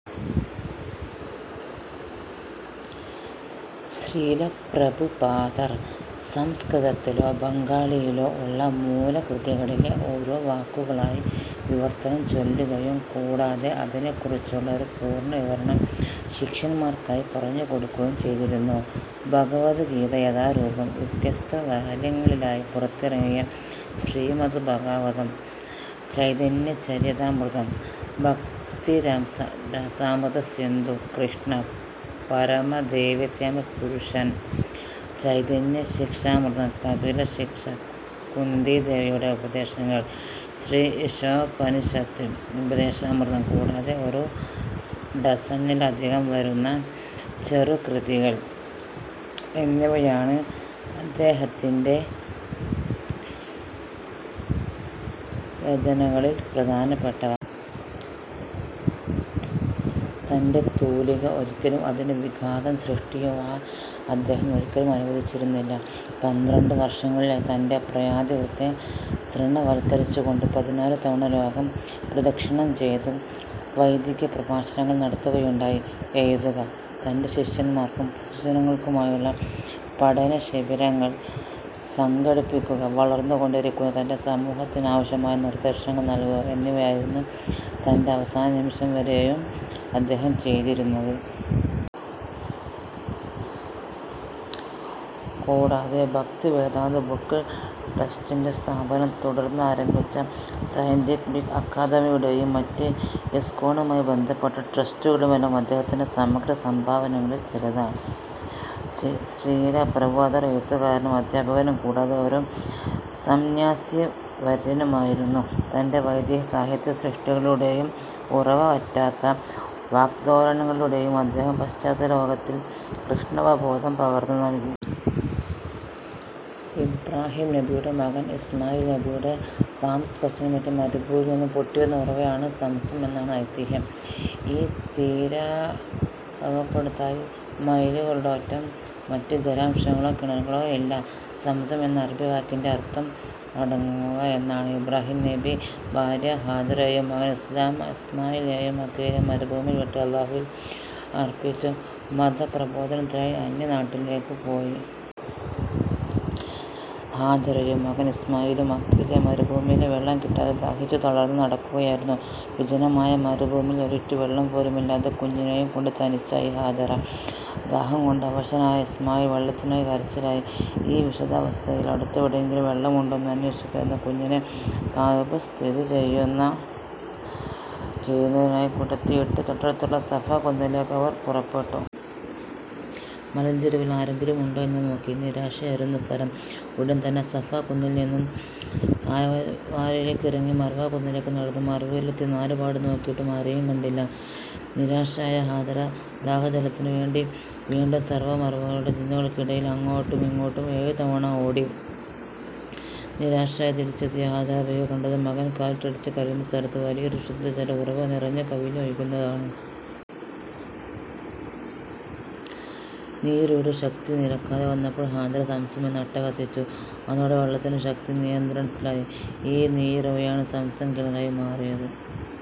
ശ്രീല പ്രഭുപാദർ, സംസ്കൃതത്തിലൊ, ബംഗാളിയിലോ ഉള്ള മൂലകൃതികളിലെ ഓരോ വാക്കുകളായി വിവർത്തനംചൊല്ലുകയും കൂടാതെ അതിനെക്കുറിച്ചുള്ള ഒരു പൂർണ്ണവിവരണം ശിഷ്യന്മാർക്കായി പറഞ്ഞുകൊടുക്കുകയും ചെയ്തിരുന്നു. ഭഗവദ്ഗീത യഥാരൂപം, വ്യത്യസ്ത വാല്യങ്ങളിലായി പുറത്തിറങ്ങിയ ശ്രീമദ് ഭാഗവതം, ചൈതന്യചരിതാമൃതം; ഭക്തിരസാമൃത സിന്ധു, കൃഷ്ണ: പരമ ദിവ്യേത്തമ പുരുഷൻ, ചൈതന്യ ശിക്ഷാമൃതം, കപില ശിക്ഷ, കുന്തീദേവിയുടെ ഉപദേശങ്ങൾ, ശ്രീ ഈശോപനിഷത്, ഉപദേശാമൃതം, കൂടാതെ ഒരു ഡസനിലധികം വരുന്ന ചെറു കൃതികൾ, എന്നിവയാണ് അദ്ദേഹത്തിന്റെ രചനകളിൽ പ്രധാനപ്പെട്ടവ. തന്റെ തൂലിക ഒരിക്കലും അതിന് വിഘാതം സൃഷ്ടിയ്ക്കുവാൻ അദ്ദേഹം ഒരിക്കലും അനുവദിച്ചിരുന്നില്ല. പന്ത്രണ്ടുവർഷങ്ങളിലായി തന്റെ പ്രായാധിക്യത്തെ തൃണവൽക്കരിച്ചുകൊണ്ട് പതിനാലു തവണ ലോക പ്രദക്ഷിണം ചെയ്തു വൈദികപ്രഭാഷണങ്ങൾ നടത്തുകയുണ്ടായി. എഴുതുക, തന്റെ ശിഷ്യന്മാർക്കും പൊതുജനങ്ങൾക്കുമായുള്ള പഠനശിബിരങ്ങൾ സംഘടിപ്പിയ്ക്കുക, വളർന്നുകൊണ്ടിരിയ്ക്കുന്ന തന്റെ സമൂഹത്തിനാവശ്യമായ നിർദ്ദേശങ്ങൾ നൽകുക എന്നിവയായിരുന്നു തന്റെ അവസാന നിമിഷം വരെയും അദ്ദേഹം ചെയ്തിരുന്നത്. കൂടാതെ ഭക്തിവേദാന്ത ബുക് ട്രസ്റ്റിന്റെ സ്ഥാപനം, തുടർന്നാരംഭിച്ച സയൻറിഭിക് അക്കാഡമിയുടെയും മറ്റ് ഇസ്കോണുമായി ബന്ധപ്പെട്ട ട്രസ്റ്റുകളുമെല്ലാം അദ്ദേഹത്തിന്റെ സമഗ്ര സംഭാവനകളിൽ ചിലതാണ. ശ്രീല പ്രഭുപാദർ എഴുത്തുകാരനും, അദ്ധ്യാപകനും കൂടാതെ ഒരു സംന്യാസിവര്യനുമായിരുന്നു. തന്റെ വൈദികസഹിത്യ സൃഷ്ടികളിലൂടെയും ഉറവ വറ്റാത്ത വാക്ധോരണികളിലൂടെയും അദ്ദേഹം പാശ്ചാത്യലോകത്തിൻ കൃഷ്ണാവബോധം പകർന്നു നൽകി. ഇബ്രാഹിം നബിയുടെ മകൻ ഇസ്മായിൽ നബിയുടെ പാദസ്പർശമേറ്റ് മരുഭൂമിയിൽ നിന്നും പൊട്ടിവന്ന ഉറവയാണ് സംസം എന്നാണ് ഐതിഹ്യം. ഈ നീരുറവക്കടുത്തായി മൈലുകളോളം മറ്റു ജലാശയങ്ങളോ കിണറുകളോ ഇല്ല. സംസം എന്ന അറബി വാക്കിന്റെ അർഥം അടങ്ങുക എന്നാണ്. ഇബ്രാഹിം നബി ഭാര്യ ഹാജറയെയും, മകൻ ഇസ്മായിലിനേയും മക്കയിലെ മരുഭൂമിയിൽ വിട്ട് അല്ലാഹുവിൽ അർപ്പിച്ചു മതപ്രബോധനത്തിനായി അന്യനാട്ടിലേക്ക് പോയി. ഹാജറയും മകൻ ഇസ്മാഈലും മക്കയിലെ മരുഭൂയിലൂടെ വെള്ളം കിട്ടാതെ ദാഹിച്ചു തളർന്ന് നടക്കുകയായിരുന്നു. വിജനമായ മരുഭൂമിയിൽ ഒരിറ്റുവെള്ളം പോലുമില്ലാതെ കുഞ്ഞിനെയും കൊണ്ട് തനിച്ചായി ഹാജറ. ദാഹം കൊണ്ട് അവശനായ ഇസ്മാഈൽ വെള്ളത്തിനായി കരച്ചിലായി. ഈ വിഷാദാവസ്ഥയിൽ അടുത്തെവിടെയെങ്കിലും വെള്ളമുണ്ടോ എന്നന്വേഷിക്കുവാനായി കുഞ്ഞിനെ കഅബ സ്ഥിതിചെയ്യുന്നതിനടുത്തായി കിടത്തിയിട്ട് തൊട്ടടുത്തുള്ള സഫ കുന്നിലേക്ക് അവർ പുറപ്പെട്ടു. മലഞ്ചെരുവിൽ ആരെങ്കിലുമുണ്ടോ എന്ന് നോക്കി. നിരാശയായിരുന്നു ഫലം. ഉടൻ തന്നെ സഫ കുന്നിൽ നിന്നും നിന്ന് താഴ്വരയിലേക്കിറങ്ങി മർവാ കുന്നിലേക്ക് നടന്നു. മർവയിലെത്തി നാലുപാടും നോക്കിയിട്ടും ആരെയും കണ്ടില്ല. നിരാശയായ ഹാജറ ദാഹജലത്തിന് വേണ്ടി വീണ്ടും സഫ-മർവ കുന്നുകളിലേക്ക് അങ്ങോട്ടുമിങ്ങോട്ടും ഏഴുതവണ ഓടി. നിരാശയായി തിരിച്ചെത്തിയ ഹാജറ ബീവി കണ്ടത് മകൻ കാലിട്ടടിച്ച് കരയുന്ന സ്ഥലത്ത് വലിയൊരു ശുദ്ധ ജല ഉറവ നിറഞ്ഞ് കവിഞ്ഞ് ഒഴുകുന്നതാണ്. നീരുറവയുടെ ശക്തി നിലക്കാതെ വന്നപ്പോൾ ഹാജറ സംസം എന്ന് അട്ടഹസിച്ചു. അതോടെ വെള്ളതിന്റെ ശക്തി നിയന്ത്രണത്തിലായി. ഈ നീരുറവയാണു സംസം കിണറായി മാറിയത്